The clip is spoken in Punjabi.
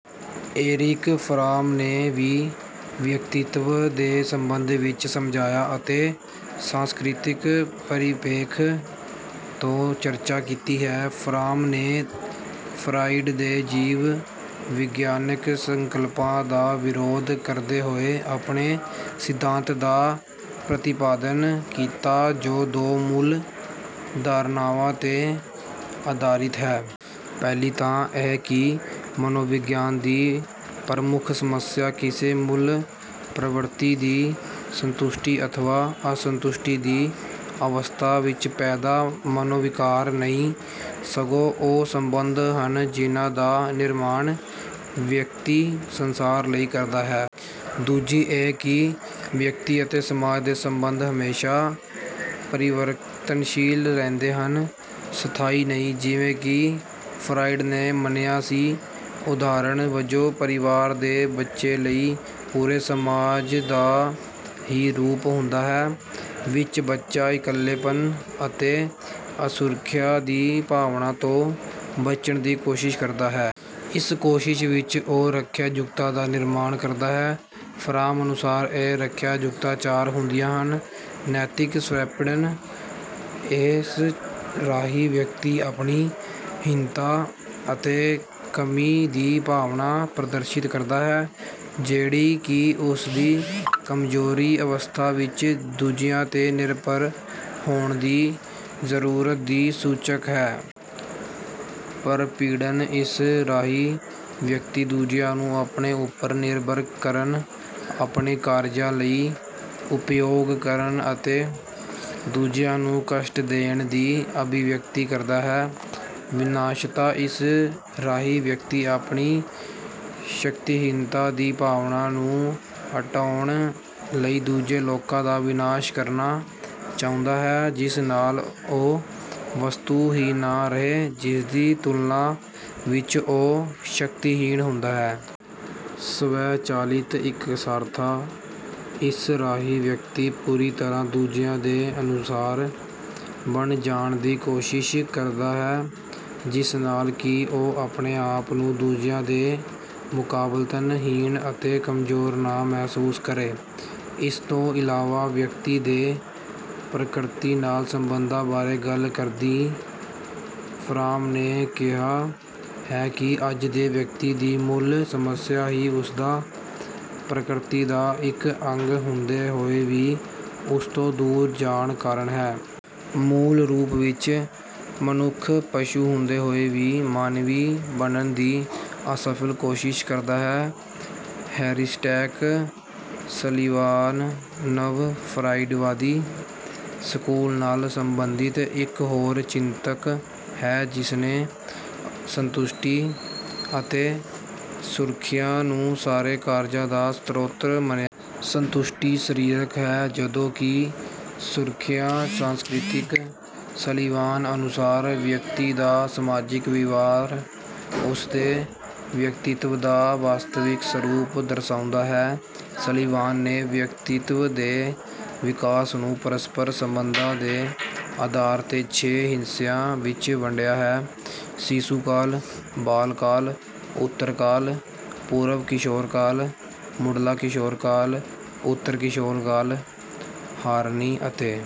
ਏਰਿਕ ਫਰਾਮ ਨੇ ਵੀ ਵਿਅਕਤਿਤਵ ਦੇ ਸੰਬੰਧ ਵਿੱਚ ਸਮਾਜਿਕ ਅਤੇ ਸਾਂਸਕ੍ਰਿਤਕ ਪਰਿਪੇਖ ਤੋਂ ਚਰਚਾ ਕੀਤੀ ਹੈ। ਫਰਾਮ ਨੇ ਫਰਾਇਡ ਦੇ ਜੀਵ ਵਿਗਿਆਨਕ ਸੰਕਲਪਾਂ ਦਾ ਵਿਰੋਧ ਕਰਦੇ ਹੋਏ ਆਪਣੇ ਸਿਧਾਂਤ ਦਾ ਪ੍ਰਤੀਪਾਦਨ ਕੀਤਾ ਜੋ ਦੋ ਮੂਲ ਧਾਰਨਾਵਾਂ ਤੇ ਆਧਾਰਿਤ ਹੈ। ਪਹਿਲੀ ਤਾਂ ਇਹ ਕਿ ਮਨੋਵਿਗਿਆਨ ਦੀ ਪ੍ਰਮੁੱਖ ਸਮੱਸਿਆ ਕਿਸੇ ਮੂਲ ਪ੍ਰਵਿਰਤੀ ਦੀ ਸੰਤੁਸ਼ਟੀ ਅਥਵਾ ਅਸੰਤੁਸ਼ਟੀ ਦੀ ਅਵਸਥਾ ਵਿੱਚ ਪੈਦਾ ਮਨੋਵਿਕਾਰ ਨਹੀਂ, ਸਗੋਂ ਉਹ ਸੰਬੰਧ ਹਨ ਜਿਨ੍ਹਾਂ ਦਾ ਨਿਰਮਾਣ ਵਿਅਕਤੀ ਸੰਸਾਰ ਲਈ ਕਰਦਾ ਹੈ। ਦੂਜੀ ਇਹ ਕਿ ਵਿਅਕਤੀ ਅਤੇ ਸਮਾਜ ਦੇ ਸੰਬੰਧ ਹਮੇਸ਼ਾਂ ਪਰਿਵਰਤਨਸ਼ੀਲ ਰਹਿੰਦੇ ਹਨ, ਸਥਾਈ ਨਹੀਂ ਜਿਵੇਂ ਕਿ ਫਰਾਇਡ ਨੇ ਮੰਨਿਆ ਸੀ। ਉਦਾਹਰਣ ਵਜੋਂ ਪਰਿਵਾਰ, ਜੋ ਬੱਚੇ ਲਈ ਪੂਰੇ ਸਮਾਜ ਦਾ ਹੀ ਰੂਪ ਹੁੰਦਾ ਹੈ, ਵਿੱਚ ਬੱਚਾ ਇਕੱਲੇਪਨ ਅਤੇ ਅਸੁਰੱਖਿਆ ਦੀ ਭਾਵਨਾ ਤੋਂ ਬਚਣ ਦੀ ਕੋਸ਼ਿਸ਼ ਕਰਦਾ ਹੈ। ਇਸ ਕੋਸ਼ਿਸ਼ ਵਿੱਚ ਉਹ ਰੱਖਿਆ-ਜੁਗਤਾਂ ਦਾ ਨਿਰਮਾਣ ਕਰਦਾ ਹੈ। ਫਰਾਮ ਅਨੁਸਾਰ ਇਹ ਰੱਖਿਆ ਜੁਗਤਾਂ ਚਾਰ ਹੁੰਦੀਆਂ ਹਨ: ਨੈਤਿਕ-ਸ੍ਵੈਂਪੀੜਨ, ਇਸ ਰਾਹੀਂ ਵਿਅਕਤੀ ਆਪਣੀ ਹੀਨਤਾ ਅਤੇ ਕਮੀ ਦੀ ਭਾਵਨਾ ਪ੍ਰਦਰਸ਼ਿਤ ਕਰਦਾ ਹੈ ਜਿਹੜੀ ਕਿ ਉਸਦੀ ਕਮਜ਼ੋਰੀ ਅਵਸਥਾ ਵਿੱਚ ਦੂਜਿਆਂ ਤੇ ਨਿਰਭਰ ਹੋਣ ਦੀ ਜ਼ਰੂਰਤ ਦੀ ਸੂਚਕ ਹੈ। ਪਰਪੀੜਨ, ਇਸ ਰਾਹੀਂ ਵਿਅਕਤੀ ਦੂਜਿਆਂ ਨੂੰ ਆਪਣੇ ਉਪਰ ਨਿਰਭਰ ਕਰਨ, ਆਪਣੇ ਕਾਰਜਾਂ ਲਈ ਉਪਯੋਗ ਕਰਨ ਅਤੇ ਦੂਜਿਆਂ ਨੂੰ ਕਸ਼ਟ ਦੇਣ ਦੀ ਅਭਿਵਿਅਕਤੀ ਕਰਦਾ ਹੈ। ਵਿਨਾਸ਼ਤਾ, ਇਸ ਰਾਹੀਂ ਵਿਅਕਤੀ ਆਪਣੀ ਸ਼ਕਤੀਹੀਨਤਾ ਦੀ ਭਾਵਨਾ ਨੂੰ ਹਟਾਉਣ ਲਈ ਦੂਜੇ ਲੋਕਾਂ ਦਾ ਵਿਨਾਸ਼ ਕਰਨਾ ਚਾਹੁੰਦਾ ਹੈ ਜਿਸ ਨਾਲ ਉਹ ਵਸਤੂ ਹੀ ਨਾ ਰਹੇ ਜਿਸਦੀ ਤੁਲਨਾ ਵਿੱਚ ਉਹ ਸ਼ਕਤੀਹੀਨ ਹੁੰਦਾ ਹੈ। ਸਵੈ ਚਾਲਿਤ-ਇਕਸਾਰਤਾ, ਇਸ ਰਾਹੀਂ ਵਿਅਕਤੀ ਪੂਰੀ ਤਰ੍ਹਾਂ ਦੂਜਿਆਂ ਦੇ ਅਨੁਸਾਰ ਬਣ ਜਾਣ ਦੀ ਕੋਸ਼ਿਸ਼ ਕਰਦਾ ਹੈ ਜਿਸ ਨਾਲ ਕਿ ਉਹ ਆਪਣੇ ਆਪ ਨੂੰ ਦੂਜਿਆਂ ਦੇ ਮੁਕਾਬਲਤਨ ਹੀਨ ਅਤੇ ਕਮਜ਼ੋਰ ਨਾ ਮਹਿਸੂਸ ਕਰੇ। ਇਸ ਤੋਂ ਇਲਾਵਾ ਵਿਅਕਤੀ ਦੇ ਪ੍ਰਕਿਰਤੀ ਨਾਲ ਸੰਬੰਧਾਂ ਬਾਰੇ ਗੱਲ ਕਰਦਿਆਂ ਫਰਾਮ ਨੇ ਕਿਹਾ ਹੈ ਕਿ ਅੱਜ ਦੇ ਵਿਅਕਤੀ ਦੀ ਮੂਲ ਸਮੱਸਿਆ ਹੀ ਉਸਦਾ ਪ੍ਰਕ੍ਰਿਤੀ ਦਾ ਇੱਕ ਅੰਗ ਹੁੰਦੇ ਹੋਏ ਵੀ ਉਸਤੋਂ ਦੂਰ ਜਾਣ ਕਾਰਨ ਹੈ। ਮੂਲ ਰੂਪ ਵਿੱਚ ਮਨੁੱਖ ਪਸ਼ੂ ਹੁੰਦੇ ਹੋਏ ਵੀ ਮਾਨਵੀ ਬਣਨ ਦੀ ਅਸਫਲ ਕੋਸ਼ਿਸ਼ ਕਰਦਾ ਹੈ। ਹੈਰੀਸਟੈਕ ਸਲੀਵਾਨ ਨਵ-ਫਰਾਇਡਵਾਦੀ ਸਕੂਲ ਨਾਲ ਸੰਬੰਧਿਤ ਇੱਕ ਹੋਰ ਚਿੰਤਕ ਹੈ ਜਿਸਨੇ ਸੰਤੁਸ਼ਟੀ ਅਤੇ ਸੁਰੱਖਿਆ ਨੂੰ ਸਾਰੇ ਕਾਰਜਾਂ ਦਾ ਸ੍ਰੋਤ ਮੰਨਿਆ ਹੈ। ਸੰਤੁਸ਼ਟੀ ਸਰੀਰਕ ਹੈ ਜਦੋਂ ਕਿ ਸੁਰੱਖਿਆ ਸਾਂਸਕ੍ਰਿਤਕ। ਸਲੀਵਾਨ ਅਨੁਸਾਰ ਵਿਅਕਤੀ ਦਾ ਸਮਾਜਿਕ ਵਿਵਹਾਰ ਉਸਦੇ ਵਿਅਕਤਿਤਵ ਦਾ ਵਾਸਤਵਿਕ ਸਰੂਪ ਦਰਸਾਉਂਦਾ ਹੈ। ਸਲੀਵਾਨ ਨੇ ਵਿਅਕਤਿਤਵ ਦੇ ਵਿਕਾਸ ਨੂੰ ਪਰਸਪਰ ਸੰਬੰਧਾਂ ਦੇ ਆਧਾਰ ਤੇ ਛੇ ਹਿੱਸਿਆਂ ਵਿੱਚ ਵੰਡਿਆ ਹੈ: ਸਿਸੂ ਕਾਲ, ਬਾਲਕਾਲ, ਉੱਤਰ ਬਾਲਕਾਲ, ਪੂਰਵ ਕਿਸ਼ੋਰ ਕਾਲ, ਮੁੱਢਲਾ ਕਿਸ਼ੋਰ ਕਾਲ, ਉੱਤਰ ਕਿਸ਼ੋਰ ਕਾਲ। ਹਾਰਨੀ ਅਤੇ